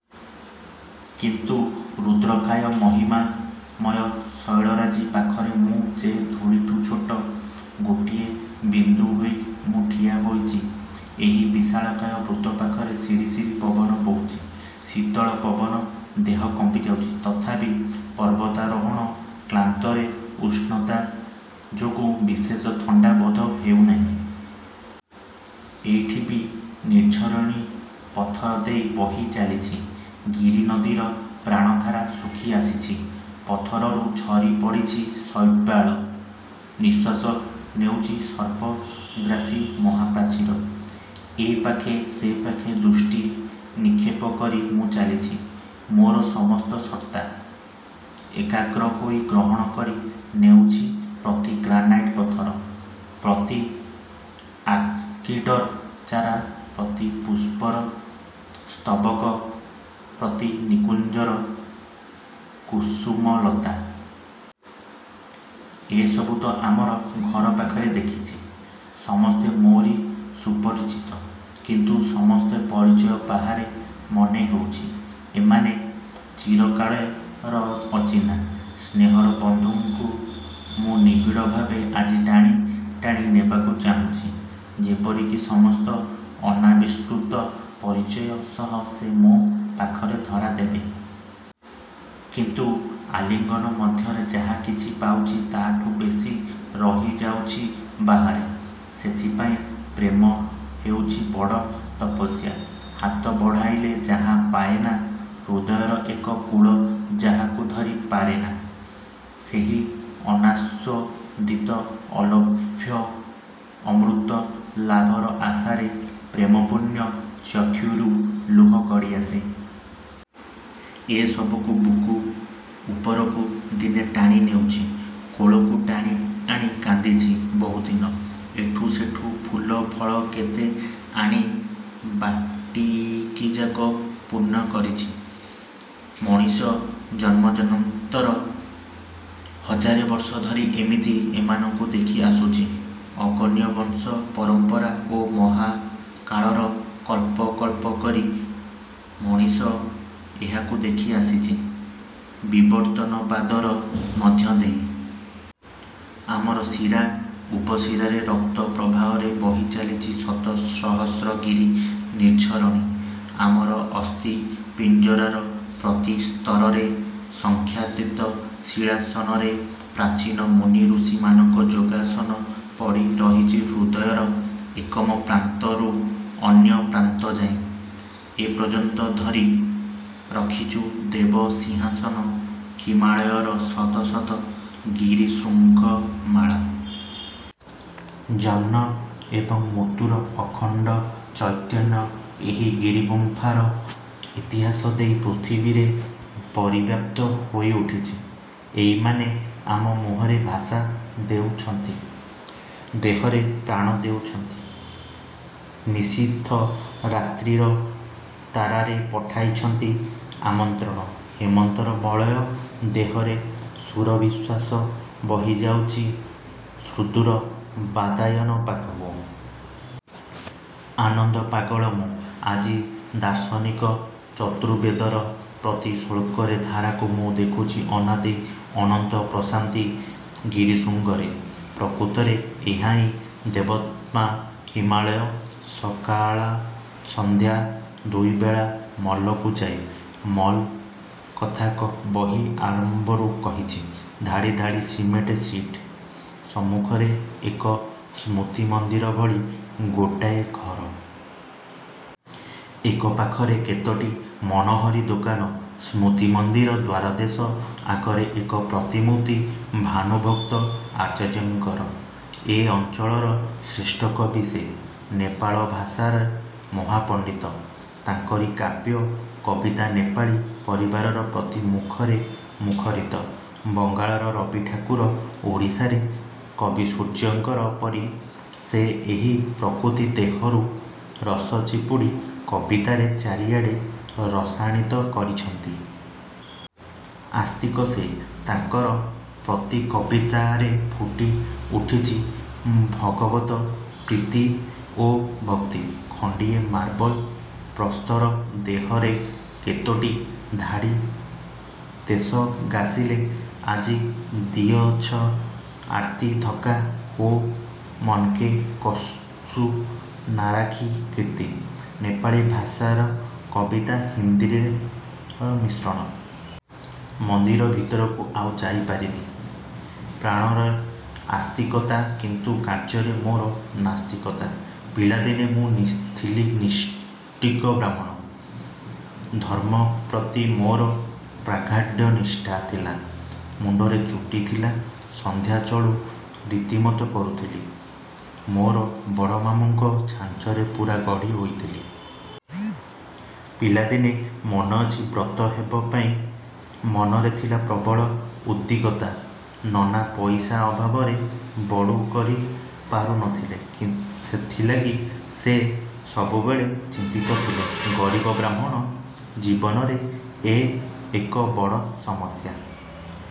କିନ୍ତୁ ରୁଦ୍ରକାୟ-ମହିମାମୟ ଶୈଳରାଜି ପାଖରେ ମୁଁ ଯେ ଧୂଳିଠୁ ଛୋଟ! ଗୋଟିଏ ବିନ୍ଦୁ ହୋଇ ମୁଁ ଠିଆ ହୋଇଛି ଏହି ବିଶାଳକାୟ ବୃତ୍ତ ପାଖରେ। ସିରିସିରି ପବନ ବହୁଚି, ଶୀତଳ ପବନ, ଦେହ କମ୍ପିଯାଉଛି–ତଥାପି ପର୍ବତାରୋହଣ କ୍ଲାନ୍ତିର ଉଷ୍ଣତା ଯୋଗୁଁ ବିଶେଷ ଥଣ୍ଡା ବୋଧ ହେଉ ନାହିଁ। ଏଇଠି ବି ନିର୍ଝରଣୀ ପଥର ଦେଇ ବହି ଚାଲିଚି। ଗିରିନଦୀର ପ୍ରାଣଧାରା ଶୁଖିଆସିଚି-। ପଥରରୁ ଝରିପଡ଼ିଚି ଶୈବାଳ। ନିଃଶ୍ୱାସ ନେଉଛି ସର୍ବଗ୍ରାସୀ ମହାପ୍ରାଚୀର। ଏ ପାଖେ ସେପାଖେ ଦୃଷ୍ଟି ନିକ୍ଷେପ କରି ମୁଁ ଚାଲିଚି। ମୋର ସମସ୍ତ ସତ୍ତା, ଏକାଗ୍ର ହୋଇ ଗ୍ରହଣ କରି ନେଉଛି ପ୍ରତି ଗ୍ରାନାଇଟ ପଥର, ପ୍ରତି ଆର୍କିଡ଼ର ଚାରା, ପ୍ରତି ପୁଷ୍ପର ସ୍ତବକ, ପ୍ରତି ନିକୁଞ୍ଜର କୁସୁମଲତା। ଏସବୁ ତ ଆମର ଘର ପାଖରେ ଦେଖିଚି। ସମସ୍ତେ ମୋର ସୁପରିଚିତ। କିନ୍ତୁ ସମସ୍ତ ପରିଚୟ ବାହାରେ ମନେ ହେଉଛି ଏମାନେ ଚିରକାଳର ଅଚିହ୍ନା। ସ୍ନେହର ବନ୍ଧୁଙ୍କୁ ମୁଁ ନିବିଡ଼ ଭାବରେ ଆଜି ଟାଣି ଟାଣି ନେବାକୁ ଚାହୁଁଚି ଯେପରିକି ସମସ୍ତ ଅନାବିଷ୍କୃତ ପରିଚୟ ସହ ସେ ମୋ ପାଖରେ ଧରା ଦେବେ। କିନ୍ତୁ ଆଲିଙ୍ଗନ ମଧ୍ୟରେ ଯାହା କିଛି ପାଉଛି ତାଠୁ ବେଶୀ ରହିଯାଉଛି ବାହାରେ। ସେଥିପାଇଁ ପ୍ରେମ ହେଉଛି ବଡ଼ ତପସ୍ୟା। ହାତ ବଢ଼େଇଲେ ଯାହା ପାଏନା–ହୃଦୟର ଏ କୂଳ ଯାହାକୁ ଧରି ପାରେନା। ସେହି ଅନାସ୍ୱ ଦିତ ଅଲଭ୍ୟ ଅମୃତ ଲାଭର ଆଶାରେ ପ୍ରେମପୂର୍ଣ୍ଣ ଚକ୍ଷୁରୁ ଲୁହ ଗଡ଼ିଆସେ। ଏସବୁକୁ ବୁକୁ ଉପରକୁ ଦିନେ ଟାଣି ନେଇଛି, କୋଳକୁ ଟାଣି ଆଣି କାନ୍ଦିଚି ବହୁଦିନ। ଏଠୁ ସେଠୁ ଫୁଲ ଫଳ କେତେ ଆଣି ବାଡ଼ିଟିଯାକ ପୂର୍ଣ୍ଣ କରିଚି। ମଣିଷ ଜନ୍ମଜନ୍ମାନ୍ତର ହଜାର ବର୍ଷ ଧରି ଏମିତି ଏମାନଙ୍କୁ ଦେଖି ଆସୁଛି। ଅଗଣ୍ୟ ବଂଶ ପରମ୍ପରା ଓ ମହାକାଳର କଳ୍ପ କଳ୍ପ ଧରି ମଣିଷ ଏହାକୁ ଦେଖି ଆସିଛି ବିବର୍ତ୍ତନବାଦର ମଧ୍ୟ ଦେଇ-। ଆମର ଶିରା ଉପଶିରାରେ ରକ୍ତ ପ୍ରବାହରେ ବହି ଚାଲିଚି ଶତ ସହସ୍ର ଗିରି ନିର୍ଝରଣୀ। ଆମର ଅସ୍ଥି ପିଞ୍ଜରାର ପ୍ରତି ସ୍ତରରେ ସଂଖ୍ୟାତୀତ ଶୀଳାସନରେ ପ୍ରାଚୀନ ମୁନି ଋଷିମାନଙ୍କ ଯୋଗାସନ ପଡ଼ି ରହିଛି ହୃଦୟର ଏକମ ପ୍ରାନ୍ତରୁ ଅନ୍ୟ ପ୍ରାନ୍ତଯାଏ। ଏପର୍ଯ୍ୟନ୍ତ ଧରି ରଖିଛୁ ଦେବ ସିଂହାସନ ହିମାଳୟର ଶତ ଶତ ଗିରିଶୃଙ୍ଗମାଳା। ଜନ୍ମ ଏବଂ ମୃତ୍ୟୁର ଅଖଣ୍ଡ ଚୈତନ୍ୟ ଏହି ଗିରିଗୁମ୍ପାର ଇତିହାସ ଦେଇ ପୃଥିବୀରେ ପରିବ୍ୟାପ୍ତ ହୋଇ ଉଠିଛି–ଏଇମାନେ ଆମ ମୁହଁରେ ଭାଷା ଦେଉଚନ୍ତି, ଦେହରେ ପ୍ରାଣ ଦେଉଛନ୍ତି। ନିଶିଥ ରାତ୍ରୀର ତାରାରେ ପଠାଇଛନ୍ତି ଆମନ୍ତ୍ରଣ; ହେମନ୍ତର ମଳୟ ଦେହରେ ସୁରଭିଶ୍ୱାସ ବହିଯାଉଛି ସୁଦୂର ବାତାୟନ ପାଖକୁ। ଆନନ୍ଦ-ପାଗଳ ମୁଁ। ଆଜି ଦାର୍ଶନିକ। ଚତୁର୍ବେଦର ପ୍ରତି ଶ୍ଳୋକର ଧାରାକୁ ମୁଁ ଦେଖୁଛି ଅନାଦି, ଅନନ୍ତ, ପ୍ରଶାନ୍ତି ଗିରିଶୃଙ୍ଗରେ। ପ୍ରକୃତରେ ଏହାହିଁ ଦେବତାତ୍ମା ହିମାଳୟ। ସକାଳା ସନ୍ଧ୍ୟା ଦୁଇବେଳା ମଲକୁ ଯାଏ। ମଲ୍ କଥା ବହି ଆରମ୍ଭରୁ କହିଛି। ଧାଡ଼ି ଧାଡ଼ି ସିମେଣ୍ଟ ସିଟ। ସମ୍ମୁଖରେ ଏକ ସ୍ମୃତି ମନ୍ଦିର ଭଳି କ'ଣ ଗୋଟାଏ ଘର। ଏକ ପାଖରେ କେତୋଟି ମନୋହରୀ ଦୋକାନ। ସ୍ମୃତି ମନ୍ଦିର ଦ୍ୱାରଦେଶ ଆଗରେ ଏକ ପ୍ରତିମୂର୍ତ୍ତି ଭାନୁଭକ୍ତ ଆଚାର୍ଯ୍ୟଙ୍କର। ଏ ଅଞ୍ଚଳର ଶ୍ରେଷ୍ଠ କବି ସେ। ନେପାଳ ଭାଷାରେ ମହାପଣ୍ଡିତ। ତାଙ୍କରି କାବ୍ୟ କବିତା ନେପାଳୀ ପରିବାରର ପ୍ରତି ମୁଖରେ ମୁଖରିତ। ବଙ୍ଗଳାର ରବିଠାକୁର, ଓଡ଼ିଶାରେ କବିସୂର୍ଯ୍ୟଙ୍କ ପରି ସେ ଏହି ପ୍ରକୃତି ଦେହରୁ ରସ ଚିପୁଡ଼ି କବିତାର ଚାରିଆଡ଼େ ରସାଣିତ କରିଛନ୍ତି। ଆସ୍ତିକ ସେ। ତାଙ୍କର ପ୍ରତି କବିତାରେ ଫୁଟି ଉଠିଛି ଭଗବତ ପ୍ରୀତି ଓ ଭକ୍ତି। ଖଣ୍ଡିଏ ମାର୍ବଲ ପ୍ରସ୍ତର ଦେହରେ କେତୋଟି ଧାଡ଼ି– ''ତେସ ଘାଁସିଲେ ଆଜି ଦିୟେଛ ଆର୍ତ୍ତୀ ଧକ୍କା ହୋ ମକନ କସ୍କୁ ନାରାଖି କୀର୍ତ୍ତି। '' ନେପାଳୀ ଭାଷାର କବିତା। ହିନ୍ଦୀର ମିଶ୍ରଣ। ମନ୍ଦିର ଭିତରକୁ ଆଉ ଯାଇ ପାରିନି। ପ୍ରାଣରେ ଆସ୍ତିକତା କିନ୍ତୁ କାର୍ଯ୍ୟରେ ମୋର ନାସ୍ତିକତା। ପିଲାଦିନେ ମୁଁ ଥିଲି ନୈଷ୍ଠିକ ବ୍ରାହ୍ମଣ। ଧର୍ମ ପ୍ରତି ମୋର ପ୍ରଗାଢ଼ ନିଷ୍ଠା ଥିଲା। ମୁଣ୍ତରେ ଚୁଟି ଥିଲା। ସନ୍ଧ୍ୟା ଚଳୁ ରୀତିମତ କରୁଥିଲି। ମୋର ବଡ଼ମାମୁଁଙ୍କ ଛାଞ୍ଚରେ ପୂରା ଗଢ଼ି ହୋଇଥିଲି। ପିଲାଦିନେ ମନେଅଛି ବ୍ରତ ହେବ ପାଇଁ ମନରେ ଥିଲା ପ୍ରବଳ ଉଦ୍ବିଗ୍ନତା। ନନା ପଇସା ଅଭାବରେ ବଡ଼ୁ କରି ପାରୁ ନଥିଲେ, ସେଥିଲାଗି ସେ ସବୁବେଳେ ଚିନ୍ତିତ ଥିଲେ। ଗରିବ ବ୍ରାହ୍ମଣ ଜୀବନରେ ଏ ଏକ ବଡ଼ ସମସ୍ୟା।